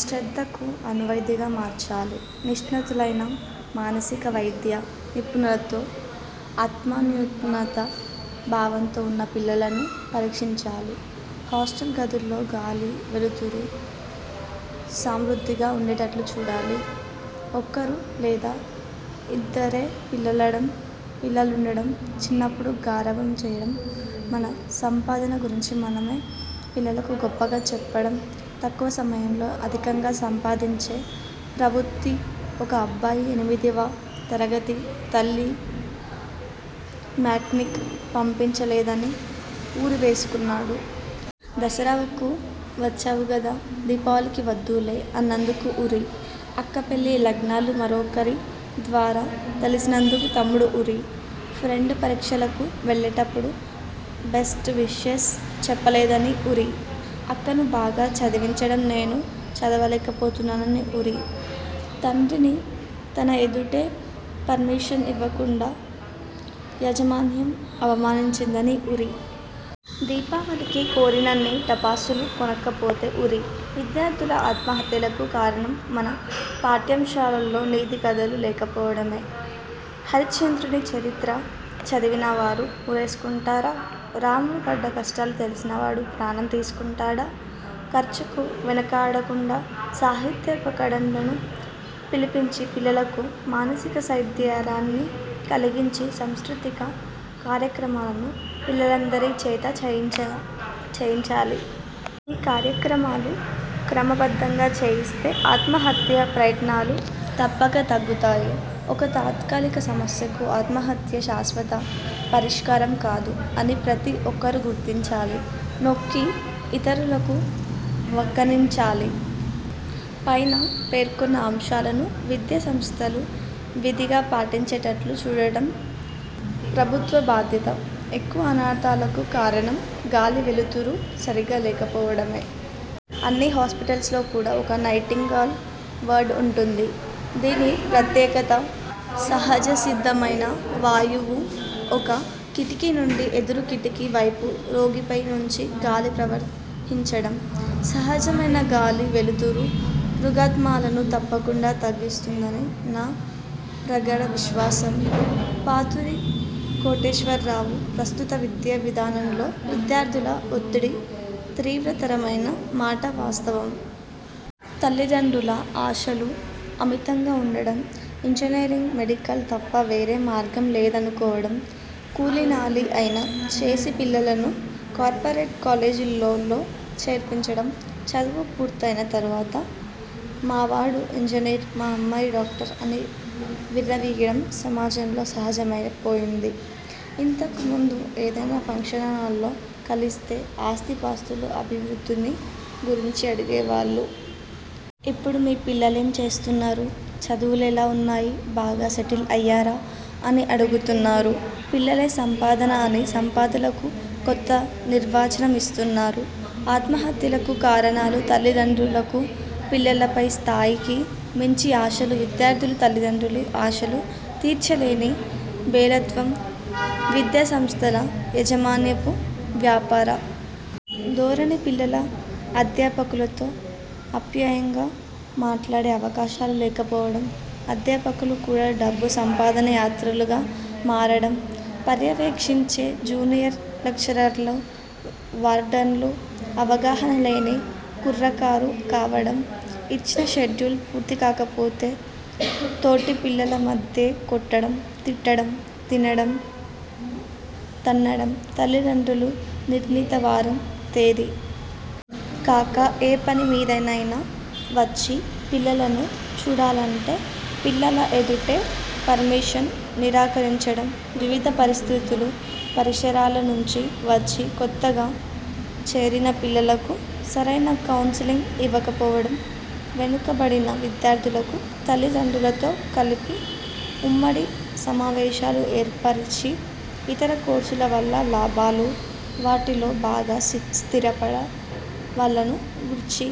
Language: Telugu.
శ్రద్ధకు అనువైనదిగా మార్చాలి నిష్ణాతులైన మానసిక వైద్య నిపుణులతో ఆత్మన్యూనతా భావంతో వున్న పిల్లలను పరీక్షించాలి హాస్టల్ గదుల్లో గాలి, వెలుతురు సమృద్ధిగా వుండేటట్లు చూడాలి. ఒక్కరు లేక ఇద్దరే పిల్లలుండడం, చిన్నప్పుడు గారాబం చేయడం, మన సంపాదన గురించి మనమే పిల్లలకు గొప్పగా చెప్పడం, తక్కువ సమయంలో అధికంగా సంపాదించే ప్రవృత్తి, ఒక అబ్బాయి ఎనిమిదివ తరగతి, తల్లి మ్యాట్నీకి పంపించలేదని ఉరివేసుకున్నాడు. దసరాకు వచ్చావుగదా, దీపావళికి వద్దువులే అన్నందుకు ఉరి, అక్క పెళ్లి లగ్నాలు మరొకరి ద్వారా తెలిసినందుకు తమ్ముడు ఉరి, ఫ్రెండ్ పరీక్షలకు వెళ్లేటప్పుడు బెస్ట్ విషెస్ చెప్పలేదని ఉరి. అక్కను బాగా చదవించండి నేను చదువలేకపోతున్నాని ఉరి. తండ్రిని తన ఎదుటే పర్మిషన్ ఇవ్వకుండా యాజమాన్యం అవమానించిందని ఉరి. దీపావళికి కోరినన్ని టపాసులు కొనకపోతే ఉరి. విద్యార్థుల ఆత్మహత్యలకు కారణం మన పాఠ్యాంశాలలో నీతి కథలు లేకపోవడమే. హరిశ్చంద్రుని చరిత్ర చదివినవారు ఉరేసుకుంటారా? రాముడు పడ్డ కష్టాలు తెలిసినవాడు ప్రాణం తీసుకుంటాడా? ఖర్చుకు వెనుకాడకుండా సాహిత్య ప్రకాండులను పిలిపించి పిల్లలకు మానసిక స్థైర్యాన్ని కలిగించి సాంస్కృతిక కార్యక్రమాలను పిల్లలందరి చేత చేయించాలి. ఈ కార్యక్రమాలు క్రమబద్ధంగా చేయిస్తే ఆత్మహత్యా ప్రయత్నాలు తప్పక తగ్గుతాయి. 'ఒక తాత్కాలిక సమస్యకు ఆత్మహత్య శాశ్వత పరిష్కారం కాదు' అని ప్రతి ఒక్కరూ గుర్తించాలి, నొక్కి ఇతరులకు వక్కాణించాలి. పైన పేర్కొన్న అంశాలను విద్యా సంస్థలు విధిగా పాటించేటట్లు చూడడం ప్రభుత్వ బాధ్యత. ఎక్కువ అనర్థాలకు కారణం గాలి వెలుతురు సరిగా లేకపోవడమే. అన్ని హస్పిటల్స్లో కూడా ఒక నైటింగేల్ వార్డు వుంటుంది. దీని ప్రత్యేకత సహజసిద్ధమైన వాయువు ఒక కిటికీ నుండి ఎదురు కిటికీ వైపు రోగిపై నుంచి గాలి ప్రవహించడం. సహజమైన గాలి, వెలుతురు రుగ్మతలను తప్పకుండా తగ్గిస్తుందని నా ప్రగాఢ విశ్వాసం. పాతూరి కోటేశ్వరరావు ప్రస్తుత విద్యావిధానంలో విద్యార్థుల ఒత్తిడి తీవ్రతరమైన మాట వాస్తవం. తల్లిదండ్రుల ఆశలు అమితంగా వుండడం, ఇంజనీరింగ్, మెడికల్ తప్ప వేరే మార్గం లేదనుకోవడం, కూలీనాలీ అయినా చేసి పిల్లలను కార్పోరేట్ కాలేజీలలో చేర్పించడం, చదువు పూర్తైన తరువాత మావాడు ఇంజనీరు, మా అమ్మాయి డాక్టరు అని విర్రవీగడం సమాజంలో సహజమైపోయింది. ఇంతకు ముందు ఏదైనా ఫంక్షన్లలో కలిస్తే ఆస్తిపాస్తుల అభివృద్ధిని గురించి అడిగేవాళ్ళు. ఇప్పుడు మీ పిల్లలేం చేస్తున్నారు? చదువులెలా వున్నాయి? బాగా సెటిల్ అయ్యారా? అని అడుగుతున్నారు. పిల్లలే సంపద అని సంపదలకు కొత్త నిర్వచనం ఇస్తున్నారు. ఆత్మహత్యలకు కారణాలు తల్లిదండ్రులకు పిల్లలపై స్ధాయికి మించి ఆశలు విద్యార్థులు తల్లిదండ్రుల ఆశలు తీర్చలేని బేలత్వం విద్యాసంస్థల యాజమాన్యపు వ్యాపార ధోరణి పిల్లలు అధ్యాపకులతో అప్యాయంగా మాట్లాడే అవకాశాలు లేకపోవడం అధ్యాపకులు కూడా డబ్బు సంపాదన యంత్రాలుగా మారడం పర్యవేక్షించే జూనియర్ లెక్చరర్లు, వార్డెన్లు అవగాహన లేని కుర్రకారు కావడం ఇచ్చిన షెడ్యూల్ పూర్తికాకపోతే తోటిపిల్లల మధ్యే కొట్టడం, తిట్టడం, తన్నడం తల్లిదండ్రులు నిర్ణీత వారం, తేదీ కాక ఏ పని మీదనైనా వచ్చి పిల్లలనుచూడాలంటే పిల్లల ఎదుటే పర్మిషన్ నిరాకరించడం వివిధ పరిస్ధితులు, పరిసరాల నుంచి వచ్చి కొత్తగా చేరిన పిల్లలకు సరైన కౌన్సిలింగ్ ఇవ్వకపోడవం వెనుకబడిన విద్యార్థులకు తల్లిదండ్రులతో కలిపి ఉమ్మడి సమావేశాలు ఏర్పరిచి, ఇతర కోర్సులు వల్ల లాభాలు, వాటిలో బాగా స్థిరపడ్డ వాళ్లను గూర్చి